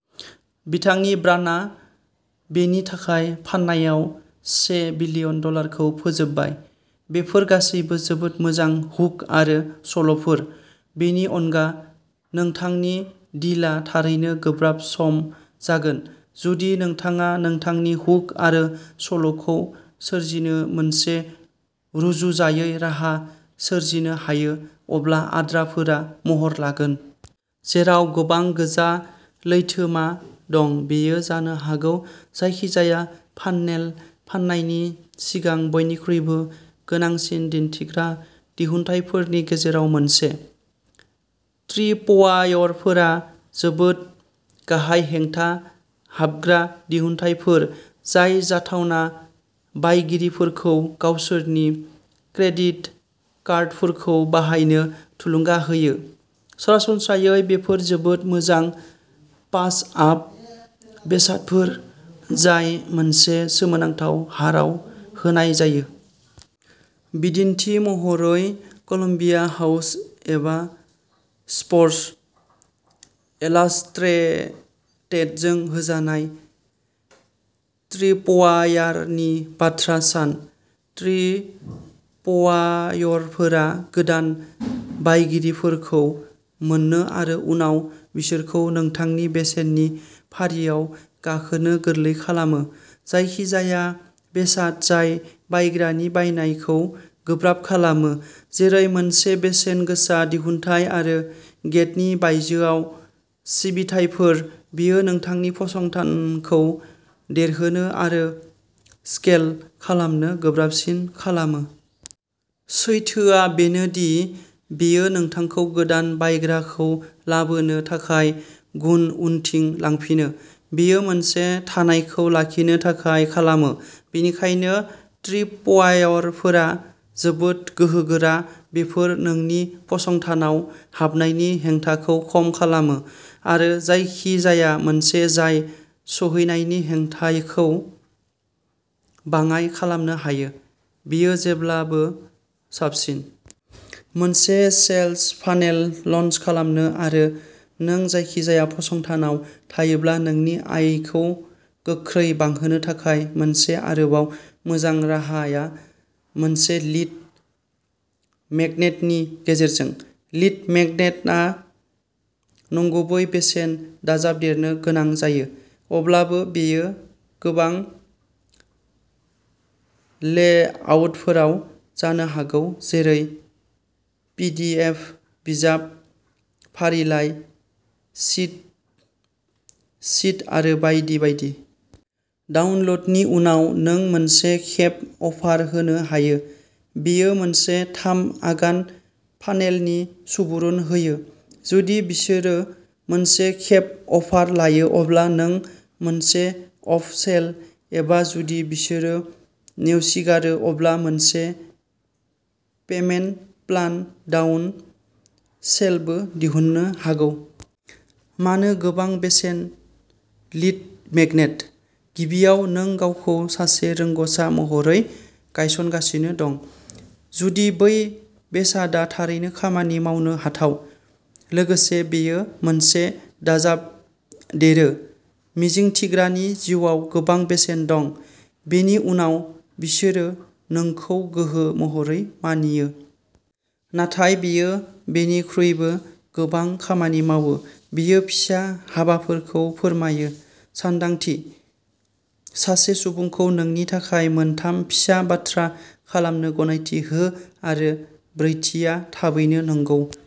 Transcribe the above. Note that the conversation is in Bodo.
बिथांनि ब्रान्डआ बेनि थाखाय फाननायाव से बिलियन डलारखौ फोजोबबाय। बेफोर गासैबो जोबोद मोजां हुक आरो सल'फोर। बेनि अनगा, नोंथांनि डिलआ थारैनो गोब्राब सम जागोन। जुदि नोंथाङा नोंथांनि हुक आरो सल'खौ सोरजिनो मोनसे रुजुजायै राहा सोरजिनो हायो, अब्ला आद्राफोरा महर लागोन। जेराव गोबां गोजा लैथोमा दं, बेयो जानो हागौ जायखिजाया फान्नेल फान्नायनि सिगां बयनिख्रुइबो गोनांसिन दिन्थिग्रा दिहुनथायफोरनि गेजेराव मोनसे। ट्रिपवायरफोरा जोबोद गाहाय-हेंथा-हाबग्रा दिहुनथायफोर जाय जाथावना बायगिरिफोरखौ गावसोरनि क्रेडिट कार्डफोरखौ बाहायनो थुलुंगा होयो। सरासनस्रायै, बेफोर जोबोद मोजां-पास-आप बेसादफोर जाय मोनसे सोमोनांथाव हाराव होनाय जायो। बिदिन्थि महरै, कलम्बिया हाउस एबा स्पर्टस इलास्ट्रेटेडजों होजानाय ट्रिपवायारनि बाथ्रा सान। ट्रिपवायरफोरा गोदान बायगिरिफोरखौ मोन्नो आरो उनाव बिसोरखौ नोंथांनि बेसेननि फारिआव गाखोनो गोरलै खालामो। जायखिजाया बेसाद जाय बायग्रानि बायनायखौ गोब्राब खालामो, जेरै मोनसे बेसेन गोसा दिहुनथाय आरो गेटनि बायजोआव सिबिथाइफोर, बेयो नोंथांनि फसंथानखौ देरहोनो आरो स्केल खालामनो गोब्राबसिन खालामो। सैथोआ बेनो दि बेयो नोंथांखौ गोदान बायग्राखौ लाबोनो थाखाय गुन उनथिं लांफिनो। बेयो मोनसे थाखानायखौ लाखिनो थाखाय खालामो। बेनिखायनो ट्रिपवायरफोरा जोबोद गोहोगोरा। बेफोर नोंनि फसंथानाव हाबनायनि हेंथाखौ खम खालामो। आरो जायखिजाया मोनसे जाय सौहैनायनि हेंथाखौ बाङाइ खालामनो हायो, बेयो जेब्लाबो साबसिन। मोनसे सेल्स फानेल लन्च खालामनो आरो नों जायखिजाया फसंथानाव थायोब्ला नोंनि आयखौ गोख्रै बांहोनो थाखाय मोनसे आरोबाव मोजां राहाआ मोनसे लीड मेगनेटनि गेजेरजों। लीड मेगनेटआ नंगुबै बेसेन दाजाबदेरनो गोनां जायो। अब्लाबो बेयो गोबां लेआउटफोराव जानो हागौ जेरै पिडिएफ बिजाब, फारिलाइ, चिट शीट आरो बायदि बायदि। डाउनल'डनि उनाव, नों मोनसे खेब अफार होनो हायो। बेयो मोनसे थाम-आगान फानेलनि सुबुरुन होयो। जुदि बिसोरो मोनसे-खेब अफार लायो अब्ला नों मोनसे आप-सेल एबा जुदि बिसोरो नेवसिगारो अब्ला मोनसे पेमेन्ट-प्लान डाउन-सेलबो दिहुननो हागौ। मानो गोबां बेसेननि लीड मेगनेट? गिबियाव, नों गावखौ सासे रोंग'सा महरै गायसनगासिनो दं। जुदि बै बेसादआ थारैनो खामानि मावनो हाथाव, लोगोसे बेयो मोनसे दाजाबदेरो। मिजिंथिग्रानि जिउआव गोबां बेसेन दं, बेनि उनाव बिसोरो नोंखौ गोहो महरै मानियो। नाथाय बेयो बेनिख्रुइबो गोबां खामानि मावो। बेयो फिसा-हाबाफोरखौ फोरमायो। सानदांथि? सासे सुबुंखौ नोंनि थाखाय मोनथाम फिसा बाथ्रा खालामनो गनायथि हो आरो ब्रैथिआ थाबैनो नंगौ।